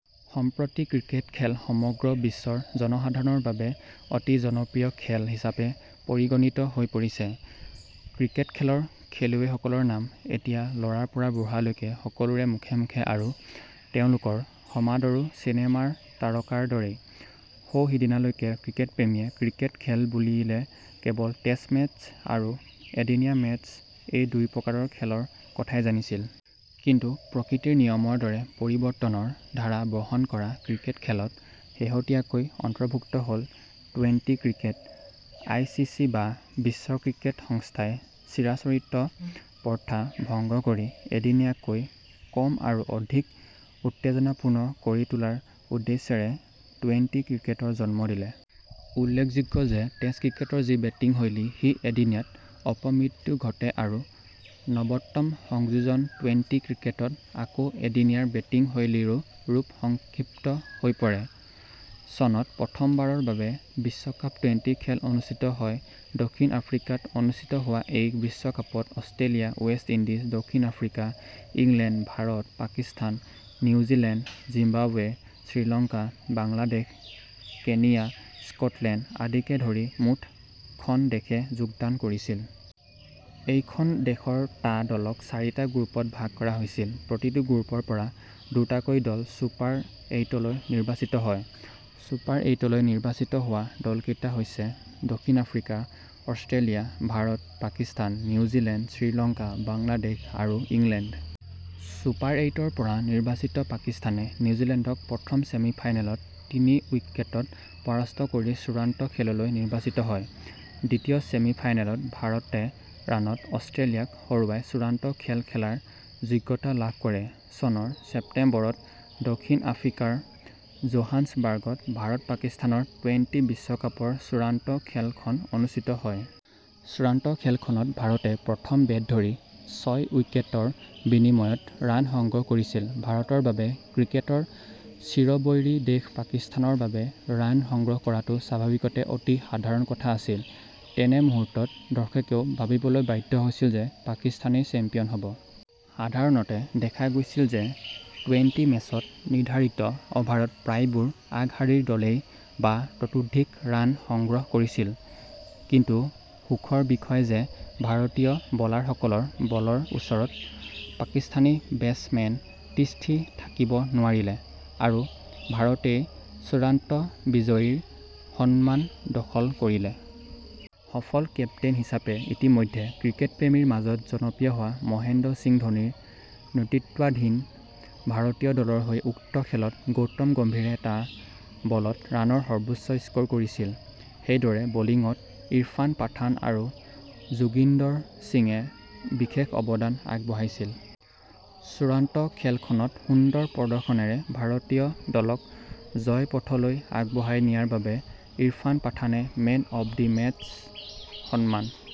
সম্প্ৰতি ক্ৰিকেট খেল সমগ্ৰ বিশ্বৰ জনসাধাৰণৰ বাবে অতি জনপ্ৰিয় খেল হিচাপে পৰিগণিত হৈ পৰিছে। ক্ৰিকেটখেলৰ খেলুৱৈসকলৰ নাম এতিয়া ল'ৰাৰ পৰা বুঢ়ালৈকে সকলোৰে মুখে মুখে আৰু তেওঁলোকৰ সমাদৰো চিনেমাৰ তাৰকাৰে দৰেই। সৌ সিদিনালৈকে ক্ৰিকেটপ্ৰেমীয়ে ক্ৰিকেট খেল বুলিলে কেৱল টেষ্ট মেচ আৰু এদিনীয়া মেচ- এই দুই প্ৰকাৰৰ খেলৰ কথাই জানিছিল। কিন্তু প্ৰকৃতিৰ নিয়মৰ দৰে পৰিৱৰ্তনৰ ধাৰা বহন কৰা ক্ৰিকেট খেলত শেহতীয়াকৈ অন্তৰ্ভুক্ত হ'ল twenty- cricket. I C C বা বিশ্ব ক্ৰিকেট সংস্থাই চিৰাচৰিত প্ৰথা ভংগ কৰি এদিনীয়াতকৈও কম আৰু অধিক উত্তেজনাপূৰ্ণ কৰি তোলাৰ উদ্দেশ্যৰেই টুৱেণ্টী- ক্ৰিকেটৰ জন্ম দিলে। উল্লেখযোগ্য যে টেষ্ট ক্ৰিকেটৰ যি বেটিং শৈলী, সি এদিনীয়াত অপমৃত্যু ঘটে আৰু নৱতম সংযোজন টুৱেণ্টী ক্ৰিকেটত আকৌ এদিনীয়াৰ বেটিং শৈলীৰো ৰূপ সংক্ষিপ্ত হৈ পৰে। চনত প্ৰথমবাৰৰ বাবে বিশ্বকাপ টুৱেণ্টী- খেল অনুষ্ঠিত হয়। দক্ষিণ আফ্ৰিকাত অনুষ্ঠিত হোৱা এই বিশ্বকাপত অষ্ট্ৰেলিয়া, ৱেষ্ট ইণ্ডিজ, দক্ষিণ Africa, England, Bharat, Pakistan, New Zealand, Zimbabwe, Sri Lanka, Bangladesh, Kenya, Scotland আদিকে ধৰি মুঠ খন দেশে যোগদান কৰিছিল। এই খন দেশৰ টা দলক চাৰিটা গ্ৰুপত ভাগ কৰা হৈছিল। প্ৰতি গ্ৰুপৰ পৰা দুটাকৈ দল ছুপাৰ এইটলৈ নিৰ্বাচিত হয় ৷ ছুপাৰ এইটলৈ নিৰ্বাচিত হোৱা দলকেইটা হৈছে দক্ষিণ Africa, Australia, Bharat, Pakistan, New Zealand, Sri Lanka, Bangladesh আৰু ইংলেণ্ড। ছুপাৰ এইটৰ পৰা নিৰ্বাচিত পাকিস্তানে নিউজিলেণ্ডক প্ৰথম চেমি ফাইনেলত তিনি উইকেটত পৰাস্ত কৰি চূড়ান্ত খেললৈ নিৰ্বাচিত হয়। দ্বিতীয় চেমি ফাইনেলত ভাৰতে ৰানত অস্ট্ৰেলিয়াক হৰুৱাই চূড়ান্ত খেল খেলাৰ যোগ্যতা লাভ কৰে। চনৰ ছেপ্টেম্বৰত দক্ষিণ আফ্ৰিকাৰ জোহান্সবাৰ্গত ভাৰত-পাকিস্তানৰ টুৱেণ্টী- বিশ্বকাপৰ চূড়ান্ত খেলখন অনুষ্ঠিত হয়। চূড়ান্ত খেলখনত ভাৰতে প্ৰথমে বেট ধৰি ছয় উইকেটৰ বিনিময়ত ৰাণ সংগ্ৰহ কৰিছিল৷ ভাৰতৰ বাবে ক্ৰিকেটৰ চিৰবৈৰী দেশ পাকিস্তানৰ বাবে ৰাণ সংগ্ৰহ কৰাটো স্বাভাৱিকতে অতি সাধাৰণ কথা আছিল। তেনে মুহূৰ্তত দৰ্শকেও ভাবিবলৈ বাধ্য হৈছিল যে পাকিস্তানেই চেম্পিয়ন হ'ব। সাধাৰণতে দেখা গৈছিল যে টুৱেণ্টী- মেচত নিৰ্ধাৰিত অভাৰত প্ৰায়বোৰ আগশাৰীৰ দলেই বা ততোধিক ৰাণ সংগ্ৰহ কৰিছিল। কিন্তু সুখৰ বিষয় যে ভাৰতীয় বলাৰসকলৰ বলৰ ওচৰত পাকিস্তানী বেছ মেন তিষ্ঠি থাকিব নোৱাৰিলে আৰু ভাৰতেই চূড়ান্ত বিজয়ীৰ সম্মান দখল কৰিলে। সফল কেপ্তেইন হিচাপে ইতিমধ্যে ক্ৰিকেটপ্ৰেমীৰ মাজত জনপ্ৰিয় হোৱা মহেন্দ্ৰ সিং ধোনীৰ নেতৃত্বাধীন ভাৰতীয় দলৰ হৈ উক্ত খেলত গৌতম গম্ভীৰে টা বলত ৰাণৰ সৰ্বোচ্চ স্ক'ৰ কৰিছিল। সেইদৰে বলিঙত ইৰফান পাঠান আৰু যোগিন্দৰ সিঙে বিশেষ অৱদান আগবঢ়াইছিল। চূড়ান্ত খেলখনত সুন্দৰ প্ৰদৰ্শনেৰে ভাৰতীয় দলক জয়ৰ পথলৈ আগুৱাই নিয়াৰ বাবে ইৰফান পাঠানে 'মেন অৱ দ্য মেচ' সন্মান